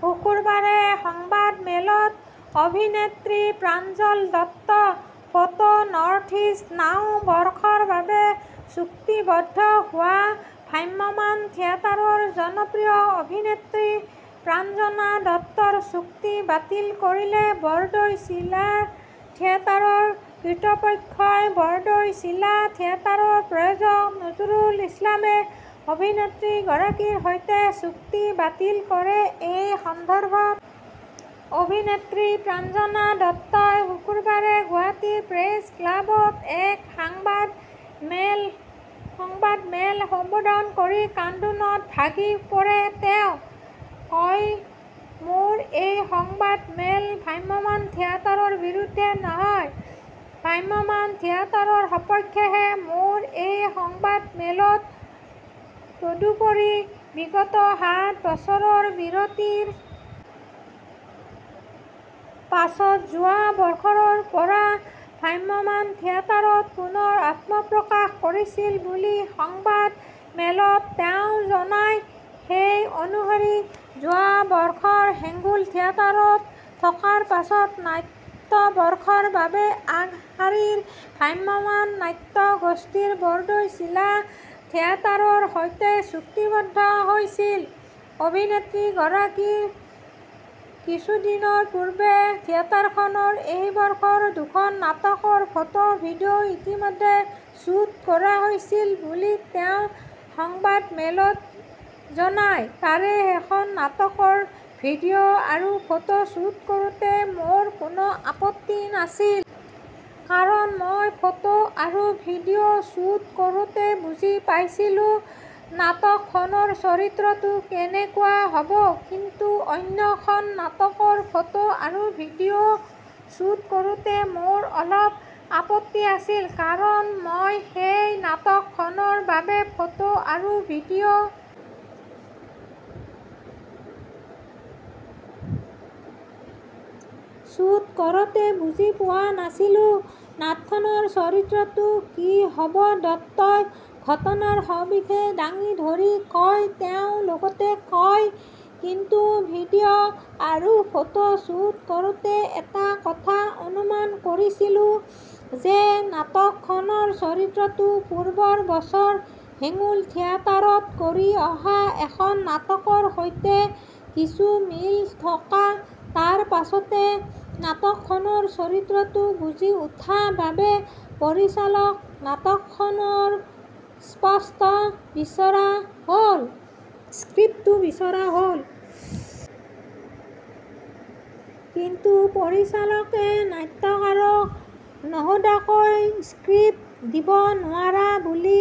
শুকুৰবাৰে সংবাদমেলত অভিনেত্ৰী প্ৰাঞ্জল দত্তফটো নৰ্থইষ্ট নাও বৰ্ষৰ বাবে চুক্তিবদ্ধ হোৱা ভ্ৰাম্যমাণ থিয়েটাৰৰ জনপ্ৰিয় অভিনেত্ৰী প্ৰাঞ্জনা দত্তৰ চুক্তি বাতিল কৰিলে বৰদৈচিলা থিয়েটাৰৰ কৃতপক্ষই বৰদৈচিলা থিয়েটাৰৰ প্ৰযোজক নজৰুল ইছলামে অভিনেত্ৰীগৰাকীৰ সৈতে চুক্তি বাতিল কৰেএই সন্দৰ্ভত অভিনেত্ৰী প্ৰাঞ্জনা দত্তই শুকুৰবাৰে গুৱাহাটীৰ প্ৰেছ ক্লাৱত এক সাংবাদ মেল সংবাদ মেল সম্বোধন কৰি কান্দোনত ভাগি পৰেতেওঁ কয়মোৰ এই সংবাদ মেল ভ্ৰাম্যমাণ থিয়েটাৰৰ বিৰুদ্ধে নহয় ভ্ৰাম্যমাণ থিয়েটাৰৰ সপক্ষেহে মোৰ এই সংবাদমেলতদুপৰি বিগত সাত বছৰৰ বিৰতিৰ পাছত যোৱা বৰ্ষৰ পৰা ভ্ৰাম্যমাণ থিয়েটাৰত পুনৰ আত্মপ্ৰকাশ কৰিছিল বুলি সংবাদমেলত তেওঁ জনায়সেই অনুসৰি যোৱা বৰ্ষৰ হেঙুল থিয়েটাৰত থকাৰ পাছত নাট্যবৰ্ষৰ বাবে আগশাৰীৰ ভ্ৰাম্যমাণ নাট্যগোষ্ঠী বৰদৈচিলা থিয়েটাৰৰ সৈতে চুক্তিবদ্ধ হৈছিল অভিনেত্ৰীগৰাকীকিছুদিনৰ পূৰ্বে থিয়েটাৰখনৰ এইবৰ্ষৰ দুখন নাটকৰ ফটো ভিডিঅ ইতিমধ্যে শ্বুট কৰা হৈছিল বুলি তেওঁ সংবাদমেলত জনায়তাৰে এখন নাটকৰ ভিডিঅ আৰু ফটো শ্বুট কৰোতে মোৰ কোনো আপত্তি নাছিল। কাৰণ মই ফটো আৰু ভিডিঅ শ্বুট কৰোতে বুজি পাইছিলোঁ নাটক খনৰ চৰিত্ৰতো কেনেকুৱা হবকিন্তু অন্যখন নাটকৰ ফটো আৰু ভিডিঅ শ্বুট কৰোতে মোৰ অলপ আপত্তি আছিলকাৰণ মই সেই নাটক খনৰ বাবে ফটো আৰু ভিডিঅ শ্বুট কৰোতে বুজি পোৱা নাছিলোঁ নাটকখনৰ চৰিত্ৰতো কি হবদত্তই ঘটনাৰ সৱিশেষ দাঙি ধৰি কয়তেওঁ লগতে কয় কিন্তু ভিডিঅ আৰু ফটো শ্বুট কৰোতে এটা কথা অনুমান কৰিছিলোঁ যে নাটকখনৰ চৰিত্ৰতো পূৰ্বৰ বছৰ হেঙুল থিয়েটাৰত কৰি অহা এখন নাটকৰ সৈতে কিছু মিল থকাতাৰ পাছতে নাটকখনৰ চৰিত্ৰতো বুজি উঠা বাবে পৰিচালক নাটকখনৰ স্পষ্ট বিচৰা স্ক্ৰিপ্ট বিচৰা হল। কিন্তু পৰিচালকে নাট্যকাৰক নোসোধাকৈ স্ক্ৰিপ্ট দিব নোৱাৰা বুলি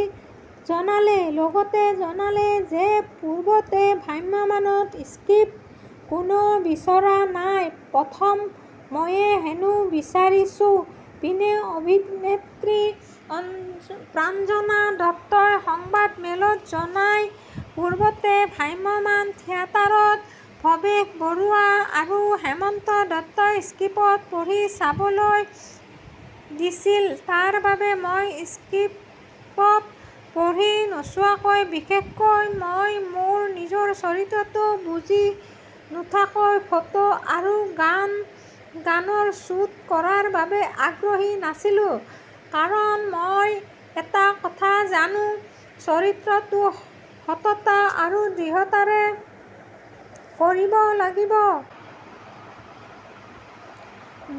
জনালেলগতে জনালে যে পূৰ্বতে ভ্ৰাম্যমাণত স্ক্ৰিপ্ট কোনেও বিচৰা নাইপ্ৰথম ময়েই হেনো বিচাৰিছোঁইপিনে অভিনেত্ৰী প্ৰাঞ্জনা দত্তই সংবাদমেলত জনায় পূৰ্বতে ভ্ৰাম্যমাণ থিয়েটাৰত ভৱেশ বৰুৱা আৰু হেমন্ত দত্তই স্ক্ৰিপট পঢ়ি চাবলৈ দিছিলতাৰ বাবে মই স্ক্ৰিপ্ট পঢ়ি নোচোৱাকৈ বিশেষকৈ মই মোৰ নিজৰ চৰিত্ৰতো বুজি নুঠাকৈ ফটো আৰু গান গানৰ শ্বুট কৰাৰ বাবে আগ্ৰহী নাছিলোঁকাৰণ মই এটা কথা জানো চৰিত্ৰতো সততা আৰ দৃঢ়তাৰে কৰিব লাগিব।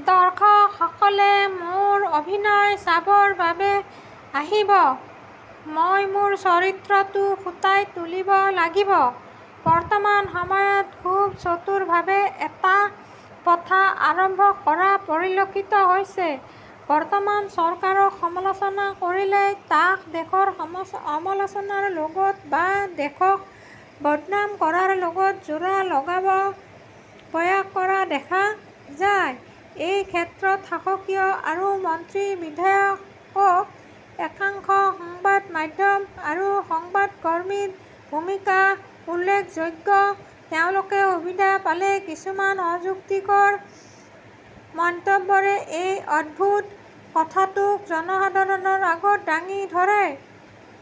দৰ্শক সকলে মোৰ অভিনয় চাবৰ বাবে আহিবমই মোৰ চৰিত্ৰতো ফুটাই তুলিব লাগিব। বৰ্তমান সময়ত খুব চতুৰভাৱে এটা প্ৰথা আৰম্ভ কৰা পৰিলক্ষিত হৈছেবৰ্তমান চৰকাৰক সমালোচনা কৰিলেই তাক দেশৰ সমালোচনাৰ লগত বা দেশক বদনাম কৰাৰ লগত জোৰা লগাব প্ৰয়াস কৰা দেখা যায়এই ক্ষেত্ৰত শাসকীয় আৰু মন্ত্ৰীবিধায়কক একাংশ সংবাদ মাধ্যম আৰু সংবাদ কৰ্মীৰ ভূমিকা উল্লেখযোগ্যতেওঁলোকে সুবিধা পালেই কিছুমান অযুক্তিকৰ মন্তব্যৰে এই অদ্ভুত কথাটোক জনসাধাৰণৰ আগত দাঙি ধৰে।